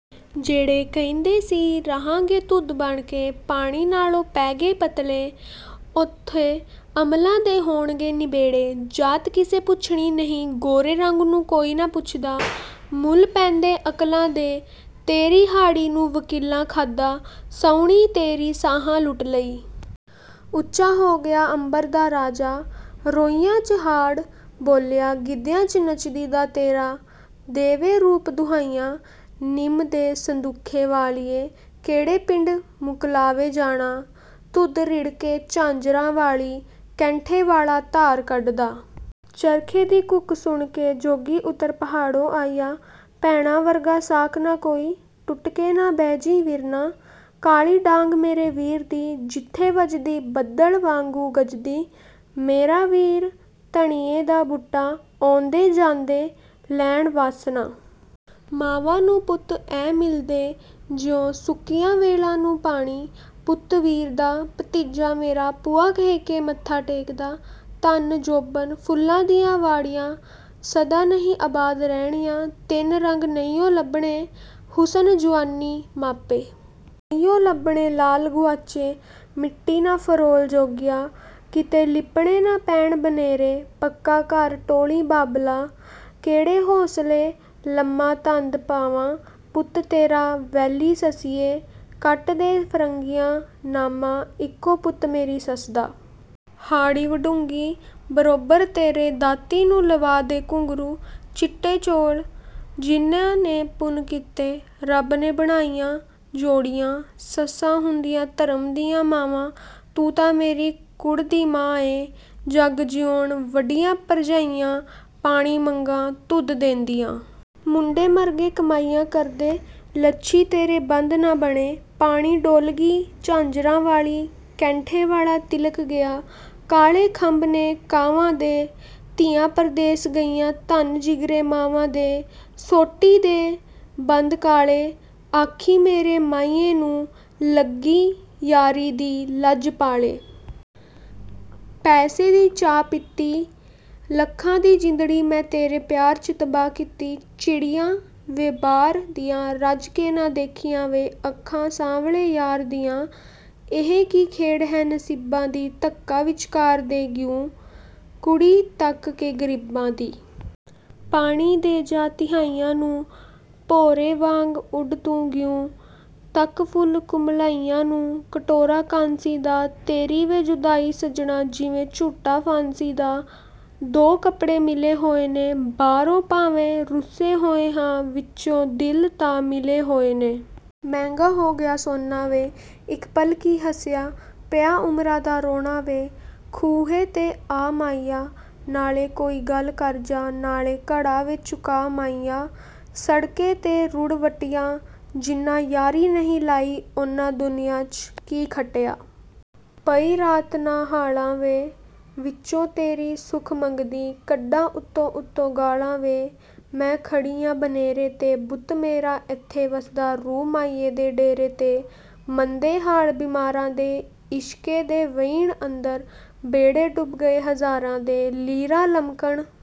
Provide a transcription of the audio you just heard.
ਜਿਹੜੇ ਕਹਿੰਦੇ ਸੀ ਰਹਾਂਗੇ ਦੁੱਧ ਬਣ ਕੇ, ਪਾਣੀ ਨਾਲੋਂ ਪੈਗੇ ਪਤਲੇ। ਉੱਥੇ ਅਮਲਾਂ ਦੇ ਹੋਣਗੇ ਨਿਬੇੜੇ, ਜਾਤ ਕਿਸੇ ਪੁੱਛਣੀ ਨਹੀਂ। ਗੋਰੇ ਰੰਗ ਨੂੰ ਕੋਈ ਨਾ ਪੁੱਛਦਾ, ਮੁੱਲ ਪੈਂਦੇ ਅਕਲਾਂ ਦੇ। ਤੇਰੀ ਹਾੜ੍ਹੀ ਨੂੰ ਵਕੀਲਾਂ ਖਾਧਾ, ਸਾਉਣੀ ਤੇਰੀ ਸ਼ਾਹਾਂ ਲੁੱਟ ਲਈ। ਉੱਚਾ ਹੋ ਗਿਆ ਅੰਬਰ ਦਾ ਰਾਜਾ, ਰੋਹੀਆਂ 'ਚ ਹਾਅੜ ਬੋਲਿਆ। ਗਿੱਧਿਆਂ 'ਚ ਨੱਚਦੀ ਦਾ, ਤੇਰਾ ਦੇਵੇ ਰੂਪ ਦੁਹਾਈਆਂ। ਨਿੰਮ ਦੇ ਸੰਦੂਖ ਵਾਲੀਏ, ਕਿਹੜੇ ਪਿੰਡ ਮੁਕਲਾਵੇ ਜਾਣਾ? ਦੁੱਧ ਰਿੜਕੇ ਝਾਂਜਰਾਂ ਵਾਲੀ, ਕੈਂਠੇ ਵਾਲਾ ਧਾਰ ਕੱਢਦਾ। ਚਰਖੇ ਦੀ ਘੂਕ ਸੁਣ ਕੇ, ਜੋਗੀ ਉੱਤਰ ਪਹਾੜੋਂ ਆਇਆ। ਭੈਣਾਂ ਵਰਗਾ ਸਾਕ ਨਾ ਕੋਈ, ਟੁੱਟ ਕੇ ਨਾ ਬਹਿਜੀਂ ਵੀਰਨਾ। ਕਾਲੀ ਡਾਂਗ ਮੇਰੇ ਵੀਰ ਦੀ, ਜਿੱਥੇ ਵੱਜਦੀ ਬੱਦਲ ਵਾਂਗੂੰ ਗੱਜਦੀ। ਮੇਰਾ ਵੀਰ ਧਣੀਏ ਦਾ ਬੂਟਾ, ਆਉਂਦੇ ਜਾਂਦੇ ਲੈਣ ਵਾਸ਼ਨਾ। ਮਾਂਵਾਂ ਨੂੰ ਪੁੱਤ ਐਂ ਮਿਲਦੇ, ਜਿਉਂ ਸੁੱਕੀਆਂ ਵੇਲਾਂ ਨੂੰ ਪਾਣੀ। ਪੁੱਤ ਵੀਰ ਦਾ, ਭਤੀਜਾ ਮੇਰਾ, ਭੂਆ ਕਹਿ ਕੇ ਮੱਥਾ ਟੇਕਦਾ। ਧਨ, ਜੋਬਨ, ਫੁੱਲਾਂ ਦੀਆਂ ਵਾੜੀਆਂ, ਸਦਾ ਨਹੀਂ ਅਬਾਦ ਰਹਿਣੀਆਂ। ਤਿੰਨ ਰੰਗ ਨਹੀਂਉਂ ਲੱਭਣੇ—ਹੁਸਨ, ਜੁਆਨੀ, ਮਾਪੇ। ਨਹੀਂਉਂ ਲੱਭਣੇ ਲਾਲ ਗੁਆਚੇ, ਮਿੱਟੀ ਨਾ ਫਰੋਲ ਜੋਗੀਆ। ਕਿਤੇ ਲਿੱਪਣੇ ਨਾ ਪੈਣ ਬਨੇਰੇ, ਪੱਕਾ-ਘਰ ਟੋਲੀਂ ਬਾਬਲਾ। ਕਿਹੜੇ ਹੌਸਲੇ ਲੰਬਾ ਤੰਦ ਪਾਵਾਂ, ਪੁੱਤ ਤੇਰਾ ਵੈਲੀ ਸੱਸੀਏ। ਕੱਟ ਦੇ ਫਰੰਗੀਆਂ ਨਾਮਾ, ਇੱਕੋ ਪੁੱਤ ਮੇਰੀ ਸੱਸ ਦਾ। ਹਾੜ੍ਹੀ ਵਢੂੰਗੀ ਬਰੋਬਰ ਤੇਰੇ, ਦਾਤੀ ਨੂੰ ਲਵਾ ਦੇ ਘੁੰਗਰੂ। ਚਿੱਟੇ ਚੌਲ, ਜਿਨ੍ਹਾਂ ਨੇ ਪੁੰਨ ਕੀਤੇ, ਰੱਬ ਨੇ ਬਣਾਈਆਂ ਜੋੜੀਆਂ। ਸੱਸਾਂ ਹੁੰਦੀਆਂ ਧਰਮ ਦੀਆਂ ਮਾਵਾਂ, ਤੂੰ ਤਾਂ ਮੇਰੀ ਕੂੜ ਦੀ ਮਾਂ ਏਂ। ਜੱਗ ਜੀਉਣ ਵੱਡੀਆਂ ਭਰਜਾਈਆਂ, ਪਾਣੀ ਮੰਗਾਂ ਦੁੱਧ ਦੇਂਦੀਆਂ। ਮੁੰਡੇ ਮਰਗੇ ਕਮਾਈਆਂ ਕਰਦੇ, ਲੱਛੀ ਤੇਰੇ ਬੰਦ ਨਾ ਬਣੇ। ਪਾਣੀ ਡੋਲ੍ਹਗੀ ਝਾਂਜਰਾਂ ਵਾਲੀ, ਕੈਂਠੇ ਵਾਲਾ ਤਿਲ੍ਹਕ ਗਿਆ। ਕਾਲੇ ਖੰਭ ਨੇ ਕਾਵਾਂ ਦੇ, ਧੀਆਂ ਪ੍ਰਦੇਸ ਗਈਆਂ, ਧੰਨ ਜਿਗਰੇ ਮਾਵਾਂ ਦੇ। ਸੋਟੀ ਦੇ ਬੰਦ ਕਾਲੇ, ਆਖੀਂ ਮੇਰੇ ਮਾਹੀਏ ਨੂੰ, ਲੱਗੀ ਯਾਰੀ ਦੀ ਲੱਜ ਪਾਲੇ। ਪੈਸੇ ਦੀ ਚਾਹ ਪੀਤੀ, ਲੱਖਾਂ ਦੀ ਜਿੰਦੜੀ ਮੈਂ ਤੇਰੇ ਪਿਆਰ 'ਚ ਤਬਾਹ ਕੀਤੀ। ਚਿੜੀਆਂ ਵੇ ਬਾਰ ਦੀਆਂ, ਰੱਜ ਕੇ ਨਾ ਦੇਖੀਆਂ ਵੇ, ਅੱਖਾਂ ਸਾਂਵਲੇ ਯਾਰ ਦੀਆਂ। ਇਹ ਕੀ ਖੇਡ ਹੈ ਨਸੀਬਾਂ ਦੀ, ਧੱਕਾ ਵਿਚਕਾਰ ਦੇ ਗਿਉਂ, ਕੁੜੀ ਤੱਕ ਕੇ ਗ਼ਰੀਬਾਂ ਦੀ। ਪਾਣੀ ਦੇ ਜਾ ਤਿਹਾਇਆਂ ਨੂੰ, ਭੌਰੇ ਵਾਂਗ ਉੱਡ ਤੂੰ ਗਿਉਂ, ਤੱਕ ਫੁੱਲ ਕੁਮਲਾਇਆਂ ਨੂੰ। ਕਟੋਰਾ ਕਾਂਸੀ ਦਾ, ਤੇਰੀ ਵੇ ਜੁਦਾਈ ਸੱਜਣਾ, ਜਿਵੇਂ ਝੂਟਾ ਫਾਂਸੀ ਦਾ। ਦੋ ਕਪੜੇ ਸਿਲੇ ਹੋਏ ਨੇ, ਬਾਹਰੋਂ ਭਾਵੇਂ ਰੁੱਸੇ ਹੋਏ ਹਾਂ, ਵਿਚੋਂ ਦਿਲ ਤਾਂ ਮਿਲੇ ਹੋਏ ਨੇ। ਮਹਿੰਗਾ ਹੋ ਗਿਆ ਸੋਨਾ ਵੇ, ਇਕ ਪਲ ਕੀ ਹੱਸਿਆ, ਪਿਆ ਉਮਰਾਂ ਦਾ ਰੋਣਾ ਵੇ। ਖੂਹੇ ਤੇ ਆ ਮਾਹੀਆ, ਨਾਲੇ ਕੋਈ ਗੱਲ ਕਰ ਜਾ, ਨਾਲੇ ਘੜਾ ਵੇ ਚੁਕਾ ਮਾਹੀਆ। ਸੜਕੇ ਤੇ ਰੁੜ੍ਹ ਵੱਟਿਆ, ਜਿਨ੍ਹਾਂ ਯਾਰੀ ਨਹੀਂ ਲਾਈ, ਉਨ੍ਹਾਂ ਦੁਨੀਆਂ 'ਚ ਕੀ ਖੱਟਿਆ? ਪਈ ਰਾਤ ਨਾ ਹਾਲਾਂ ਵੇ, ਵਿੱਚੋਂ ਤੇਰੀ ਸੁਖ ਮੰਗਦੀ, ਕੱਢਾਂ ਉਤੋਂ-ਉਤੋਂ ਗਾਲਾਂ ਵੇ। ਮੈਂ ਖੜੀ ਆਂ ਬਨੇਰੇ 'ਤੇ, ਬੁੱਤ ਮੇਰਾ ਏਥੇ ਵਸਦਾ, ਰੂਹ ਮਾਹੀਏ ਦੇ ਡੇਰੇ 'ਤੇ। ਮੰਦੇ ਹਾਲ ਬੀਮਾਰਾਂ ਦੇ, ਇਸ਼ਕੇ ਦੇ ਵਹਿਣ ਅੰਦਰ, ਬੇੜੇ ਡੁੱਬ ਗਏ ਹਜ਼ਾਰਾਂ ਦੇ। ਲੀਰਾਂ ਲਮਕਣ।